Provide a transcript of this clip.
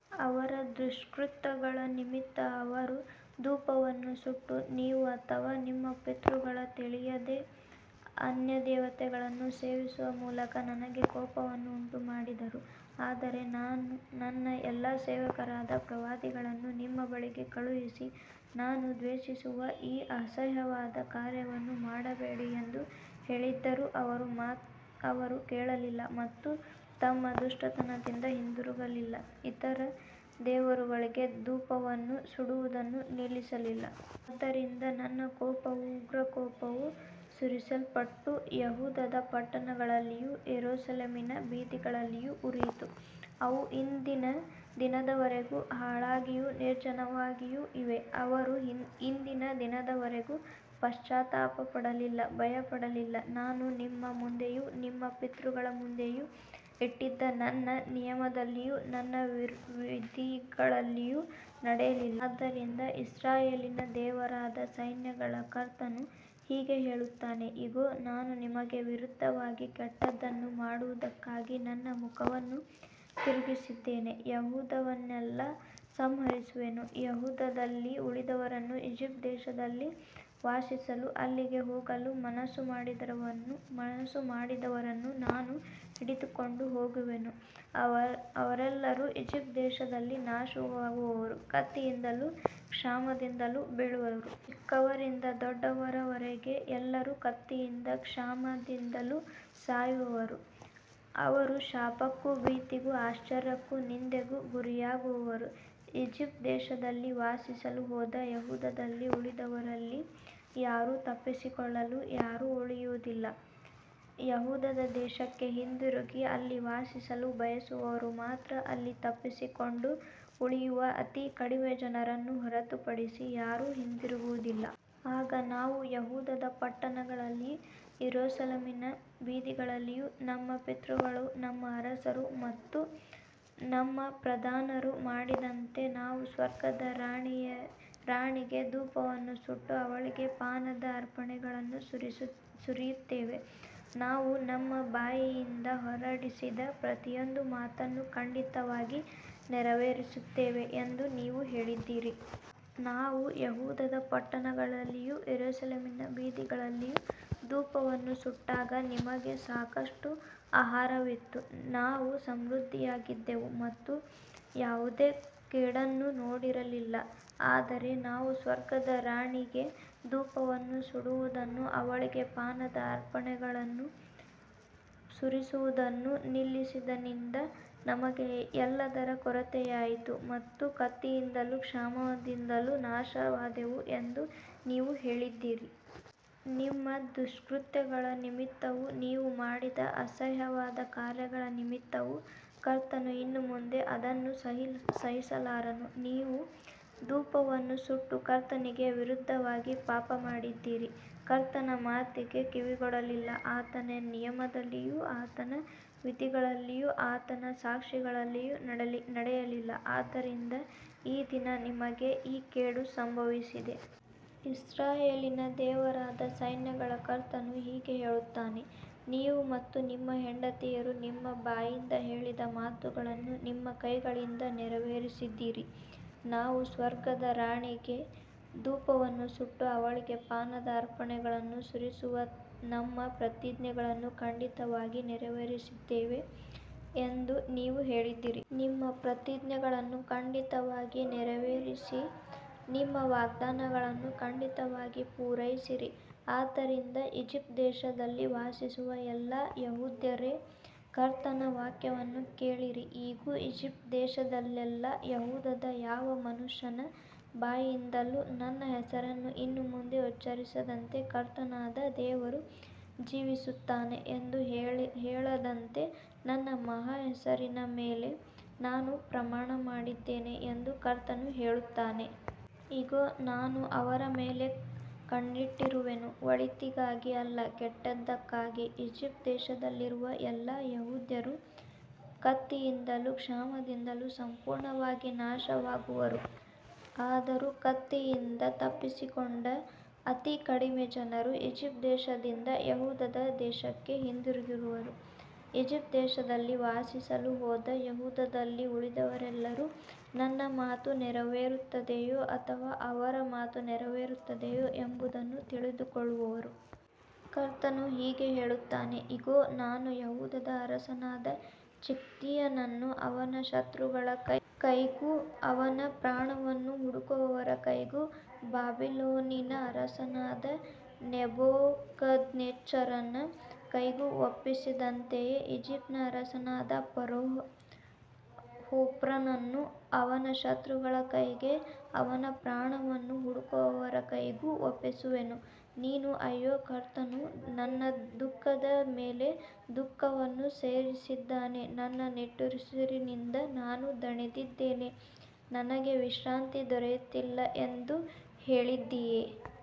ಅವರ ದುಷ್ಕೃತ್ಯಗಳ ನಿಮಿತ್ತ ಅವರು ಧೂಪವನ್ನು ಸುಟ್ಟು, ನೀವು ಅಥವಾ ನಿಮ್ಮ ಪಿತೃಗಳು ತಿಳಿಯದ ಅನ್ಯದೇವತೆಗಳನ್ನು ಸೇವಿಸುವ ಮೂಲಕ ನನಗೆ ಕೋಪವನ್ನು ಉಂಟುಮಾಡಿದರು. ಆದರೆ ನಾನು ನನ್ನ ಎಲ್ಲಾ ಸೇವಕರಾದ ಪ್ರವಾದಿಗಳನ್ನು ನಿಮ್ಮ ಬಳಿಗೆ ಕಳುಹಿಸಿ, ನಾನು ದ್ವೇಷಿಸುವ ಈ ಅಸಹ್ಯವಾದ ಕಾರ್ಯವನ್ನು ಮಾಡಬೇಡಿ ಎಂದು ಹೇಳಿದ್ದರೂ ಅವರು ಕೇಳಲಿಲ್ಲ ಮತ್ತು ತಮ್ಮ ದುಷ್ಟತನದಿಂದ ಹಿಂದಿರುಗಲಿಲ್ಲ, ಇತರ ದೇವರುಗಳಿಗೆ ಧೂಪವನ್ನು ಸುಡುವುದನ್ನು ನಿಲ್ಲಿಸಲಿಲ್ಲ. ಆದ್ದರಿಂದ ನನ್ನ ಕೋಪವೂ ಉಗ್ರಕೋಪವೂ ಸುರಿಸಲ್ಪಟ್ಟು, ಯೆಹೂದದ ಪಟ್ಟಣಗಳಲ್ಲಿಯೂ ಯೆರೂಸಲೇಮಿನ ಬೀದಿಗಳಲ್ಲಿಯೂ ಉರಿಯಿತು, ಅವು ಇಂದಿನ ದಿನದವರೆಗೂ ಹಾಳಾಗಿಯೂ ನಿರ್ಜನವಾಗಿಯೂ ಇವೆ. ಅವರು ಇಂದಿನ ದಿನದವರೆಗೂ ಪಶ್ಚಾತ್ತಾಪಪಡಲಿಲ್ಲ, ಭಯಪಡಲಿಲ್ಲ, ನಾನು ನಿಮ್ಮ ಮುಂದೆಯೂ ನಿಮ್ಮ ಪಿತೃಗಳ ಮುಂದೆಯೂ ಇಟ್ಟಿದ್ದ ನನ್ನ ನಿಯಮದಲ್ಲಿಯೂ ನನ್ನ ವಿಧಿಗಳಲ್ಲಿಯೂ ನಡೆಯಲಿಲ್ಲ. ಆದ್ದರಿಂದ ಇಸ್ರಾಯೇಲಿನ ದೇವರಾದ ಸೈನ್ಯಗಳ ಕರ್ತನು ಹೀಗೆ ಹೇಳುತ್ತಾನೆ, ಇಗೋ, ನಾನು ನಿಮಗೆ ವಿರುದ್ಧವಾಗಿ ಕೆಟ್ಟದ್ದನ್ನು ಮಾಡುವುದಕ್ಕಾಗಿ ನನ್ನ ಮುಖವನ್ನು ತಿರುಗಿಸಿದ್ದೇನೆ, ಯೆಹೂದವನ್ನೆಲ್ಲಾ ಸಂಹರಿಸುವೆನು. ಯೆಹೂದದಲ್ಲಿ ಉಳಿದವರನ್ನು, ಈಜಿಪ್ಟ್ ದೇಶದಲ್ಲಿ ವಾಸಿಸಲು ಅಲ್ಲಿಗೆ ಹೋಗಲು ಮನಸ್ಸು ಮಾಡಿದವರನ್ನು, ನಾನು ಹಿಡಿದುಕೊಂಡು ಹೋಗುವೆನು, ಅವರೆಲ್ಲರೂ ಈಜಿಪ್ಟ್ ದೇಶದಲ್ಲಿ ನಾಶವಾಗುವರು, ಕತ್ತಿಯಿಂದಲೂ ಕ್ಷಾಮದಿಂದಲೂ ಬೀಳುವರು. ಚಿಕ್ಕವರಿಂದ ದೊಡ್ಡವರವರೆಗೆ ಎಲ್ಲರೂ ಕತ್ತಿಯಿಂದಲೂ ಕ್ಷಾಮದಿಂದಲೂ ಸಾಯುವರು, ಅವರು ಶಾಪಕ್ಕೂ ಭೀತಿಗೂ ಆಶ್ಚರ್ಯಕ್ಕೂ ನಿಂದೆಗೂ ಗುರಿಯಾಗುವರು. ಈಜಿಪ್ಟ್ ದೇಶದಲ್ಲಿ ವಾಸಿಸಲು ಹೋದ ಯೆಹೂದದಲ್ಲಿ ಉಳಿದವರಲ್ಲಿ ಯಾರೂ ತಪ್ಪಿಸಿಕೊಳ್ಳುವುದಿಲ್ಲ, ಯಾರೂ ಉಳಿಯುವುದಿಲ್ಲ, ಯೆಹೂದ ದೇಶಕ್ಕೆ ಹಿಂದಿರುಗಿ ಅಲ್ಲಿ ವಾಸಿಸಲು ಬಯಸುವವರು ಮಾತ್ರ, ಅಲ್ಲಿ ತಪ್ಪಿಸಿಕೊಂಡು ಉಳಿಯುವ ಅತಿ ಕಡಿಮೆ ಜನರನ್ನು ಹೊರತುಪಡಿಸಿ ಯಾರೂ ಹಿಂದಿರುಗುವುದಿಲ್ಲ. ಆಗ ನಾವು ಯೆಹೂದದ ಪಟ್ಟಣಗಳಲ್ಲಿಯೂ ಯೆರೂಸಲೇಮಿನ ಬೀದಿಗಳಲ್ಲಿಯೂ, ನಮ್ಮ ಪಿತೃಗಳೂ ನಮ್ಮ ಅರಸರೂ ನಮ್ಮ ಪ್ರಧಾನರೂ ಮಾಡಿದಂತೆ, ನಾವು ಸ್ವರ್ಗದ ರಾಣಿಗೆ ಧೂಪವನ್ನು ಸುಟ್ಟು, ಅವಳಿಗೆ ಪಾನದ ಅರ್ಪಣೆಗಳನ್ನು ಸುರಿಯುತ್ತೇವೆ, ನಾವು ನಮ್ಮ ಬಾಯಿಂದ ಹೊರಡಿಸಿದ ಪ್ರತಿಯೊಂದು ಮಾತನ್ನೂ ಖಂಡಿತವಾಗಿ ನೆರವೇರಿಸುತ್ತೇವೆ ಎಂದು ನೀವು ಹೇಳಿದ್ದೀರಿ. ನಾವು ಯೆಹೂದದ ಪಟ್ಟಣಗಳಲ್ಲಿಯೂ ಯೆರೂಸಲೇಮಿನ ಬೀದಿಗಳಲ್ಲಿಯೂ ಧೂಪವನ್ನು ಸುಟ್ಟಾಗ ನಮಗೆ ಸಾಕಷ್ಟು ಆಹಾರವಿತ್ತು, ನಾವು ಸಮೃದ್ಧಿಯಾಗಿದ್ದೆವು ಮತ್ತು ಯಾವುದೇ ಕೇಡನ್ನು ನೋಡಲಿಲ್ಲ. ಆದರೆ ನಾವು ಸ್ವರ್ಗದ ರಾಣಿಗೆ ಧೂಪವನ್ನು ಸುಡುವುದನ್ನೂ ಅವಳಿಗೆ ಪಾನದ ಅರ್ಪಣೆಗಳನ್ನು ಸುರಿಸುವುದನ್ನೂ ನಿಲ್ಲಿಸಿದಂದಿನಿಂದ ನಮಗೆ ಎಲ್ಲದರ ಕೊರತೆಯಾಯಿತು ಮತ್ತು ಕತ್ತಿಯಿಂದಲೂ ಕ್ಷಾಮದಿಂದಲೂ ನಾಶವಾದೆವು ಎಂದು ನೀವು ಹೇಳಿದ್ದೀರಿ. ನಿಮ್ಮ ದುಷ್ಕೃತ್ಯಗಳ ನಿಮಿತ್ತವೂ ನೀವು ಮಾಡಿದ ಅಸಹ್ಯವಾದ ಕಾರ್ಯಗಳ ನಿಮಿತ್ತವೂ ಕರ್ತನು ಇನ್ನು ಮುಂದೆ ಅದನ್ನು ಸಹಿಸಲಾರನು. ನೀವು ಧೂಪವನ್ನು ಸುಟ್ಟು ಕರ್ತನಿಗೆ ವಿರುದ್ಧವಾಗಿ ಪಾಪಮಾಡಿದ್ದೀರಿ, ಕರ್ತನ ಮಾತಿಗೆ ಕಿವಿಗೊಡಲಿಲ್ಲ, ಆತನ ನಿಯಮದಲ್ಲಿಯೂ ಆತನ ವಿಧಿಗಳಲ್ಲಿಯೂ ಆತನ ಸಾಕ್ಷಿಗಳಲ್ಲಿಯೂ ನಡೆಯಲಿಲ್ಲ, ಆದ್ದರಿಂದ ಈ ದಿನ ನಿಮಗೆ ಈ ಕೇಡು ಸಂಭವಿಸಿದೆ. ಇಸ್ರಾಯೇಲಿನ ದೇವರಾದ ಸೈನ್ಯಗಳ ಕರ್ತನು ಹೀಗೆ ಹೇಳುತ್ತಾನೆ, ನೀವು ಮತ್ತು ನಿಮ್ಮ ಹೆಂಡತಿಯರು ನಿಮ್ಮ ಬಾಯಿಂದ ಹೇಳಿದ ಮಾತುಗಳನ್ನು ನಿಮ್ಮ ಕೈಗಳಿಂದ ನೆರವೇರಿಸಿದ್ದೀರಿ, ನಾವು ಸ್ವರ್ಗದ ರಾಣಿಗೆ ಧೂಪವನ್ನು ಸುಟ್ಟು, ಅವಳಿಗೆ ಪಾನದ ಅರ್ಪಣೆಗಳನ್ನು ಸುರಿಸುವ ನಮ್ಮ ಪ್ರತಿಜ್ಞೆಗಳನ್ನು ಖಂಡಿತವಾಗಿ ನೆರವೇರಿಸುತ್ತೇವೆ ಎಂದು ನೀವು ಹೇಳಿದ್ದೀರಿ. ನಿಮ್ಮ ಪ್ರತಿಜ್ಞೆಗಳನ್ನು ಖಂಡಿತವಾಗಿ ನೆರವೇರಿಸಿರಿ, ನಿಮ್ಮ ವಾಗ್ದಾನಗಳನ್ನು ಖಂಡಿತವಾಗಿ ಪೂರೈಸಿರಿ. ಆದ್ದರಿಂದ ಈಜಿಪ್ಟ್ ದೇಶದಲ್ಲಿ ವಾಸಿಸುವ ಎಲ್ಲಾ ಯೆಹೂದ್ಯರೇ, ಕರ್ತನ ವಾಕ್ಯವನ್ನು ಕೇಳಿರಿ. ಇಗೋ, ಈಜಿಪ್ಟ್ ದೇಶದಲ್ಲೆಲ್ಲಾ ಯೆಹೂದದ ಯಾವ ಮನುಷ್ಯನ ಬಾಯಿಂದಲೂ ನನ್ನ ಹೆಸರನ್ನು ಇನ್ನು ಮುಂದೆ ಉಚ್ಚರಿಸದಂತೆ, ಕರ್ತನಾದ ದೇವರು ಜೀವಿಸುತ್ತಾನೆ ಎಂದು ಹೇಳದಂತೆ, ನನ್ನ ಮಹಾ ಹೆಸರಿನ ಮೇಲೆ ನಾನು ಪ್ರಮಾಣಮಾಡಿದ್ದೇನೆ ಎಂದು ಕರ್ತನು ಹೇಳುತ್ತಾನೆ. ಇಗೋ, ನಾನು ಅವರ ಮೇಲೆ ಕಣ್ಣಿಟ್ಟಿರುವೆನು, ಒಳಿತಿಗಾಗಿ ಅಲ್ಲ, ಕೆಟ್ಟದ್ದಕ್ಕಾಗಿ, ಈಜಿಪ್ಟ್ ದೇಶದಲ್ಲಿರುವ ಎಲ್ಲಾ ಯೆಹೂದ್ಯರು ಕತ್ತಿಯಿಂದಲೂ ಕ್ಷಾಮದಿಂದಲೂ ಸಂಪೂರ್ಣವಾಗಿ ನಾಶವಾಗುವರು. ಆದರೂ ಕತ್ತಿಯಿಂದ ತಪ್ಪಿಸಿಕೊಂಡ ಅತಿ ಕಡಿಮೆ ಜನರು ಈಜಿಪ್ಟ್ ದೇಶದಿಂದ ಯೆಹೂದ ದೇಶಕ್ಕೆ ಹಿಂದಿರುಗುವರು. ಈಜಿಪ್ಟ್ ದೇಶದಲ್ಲಿ ವಾಸಿಸಲು ಹೋದ ಯೆಹೂದದಲ್ಲಿ ಉಳಿದವರೆಲ್ಲರೂ ನನ್ನ ಮಾತು ನೆರವೇರುತ್ತದೆಯೋ ಅಥವಾ ಅವರ ಮಾತು ನೆರವೇರುತ್ತದೆಯೋ ಎಂಬುದನ್ನು ತಿಳಿದುಕೊಳ್ಳುವರು. ಕರ್ತನು ಹೀಗೆ ಹೇಳುತ್ತಾನೆ, ಇಗೋ, ನಾನು ಯೆಹೂದದ ಅರಸನಾದ ಚಿದ್ಕೀಯನನ್ನು ಅವನ ಶತ್ರುಗಳ ಕೈಗೂ ಅವನ ಪ್ರಾಣವನ್ನು ಹುಡುಕುವವರ ಕೈಗೂ, ಬಾಬಿಲೋನಿನ ಅರಸನಾದ ನೆಬೂಕದ್ನೆಚ್ಚರನ ಕೈಗೂ ಒಪ್ಪಿಸಿದಂತೆಯೇ, ಈಜಿಪ್ಟಿನ ಅರಸನಾದ ಫರೋಹ್ ಹೋಫ್ರನನ್ನೂ ಅವನ ಶತ್ರುಗಳ ಕೈಗೂ ಅವನ ಪ್ರಾಣವನ್ನು ಹುಡುಕುವವರ ಕೈಗೂ ಒಪ್ಪಿಸುವೆನು. ನೀನು, ಅಯ್ಯೋ, ಕರ್ತನು ನನ್ನ ದುಃಖದ ಮೇಲೆ ದುಃಖವನ್ನು ಸೇರಿಸಿದ್ದಾನೆ, ನನ್ನ ನಿಟ್ಟುಸಿರಿನಿಂದ ನಾನು ದಣಿದಿದ್ದೇನೆ, ನನಗೆ ವಿಶ್ರಾಂತಿ ದೊರೆಯುತ್ತಿಲ್ಲ ಎಂದು ಹೇಳಿದ್ದೀಯೆ.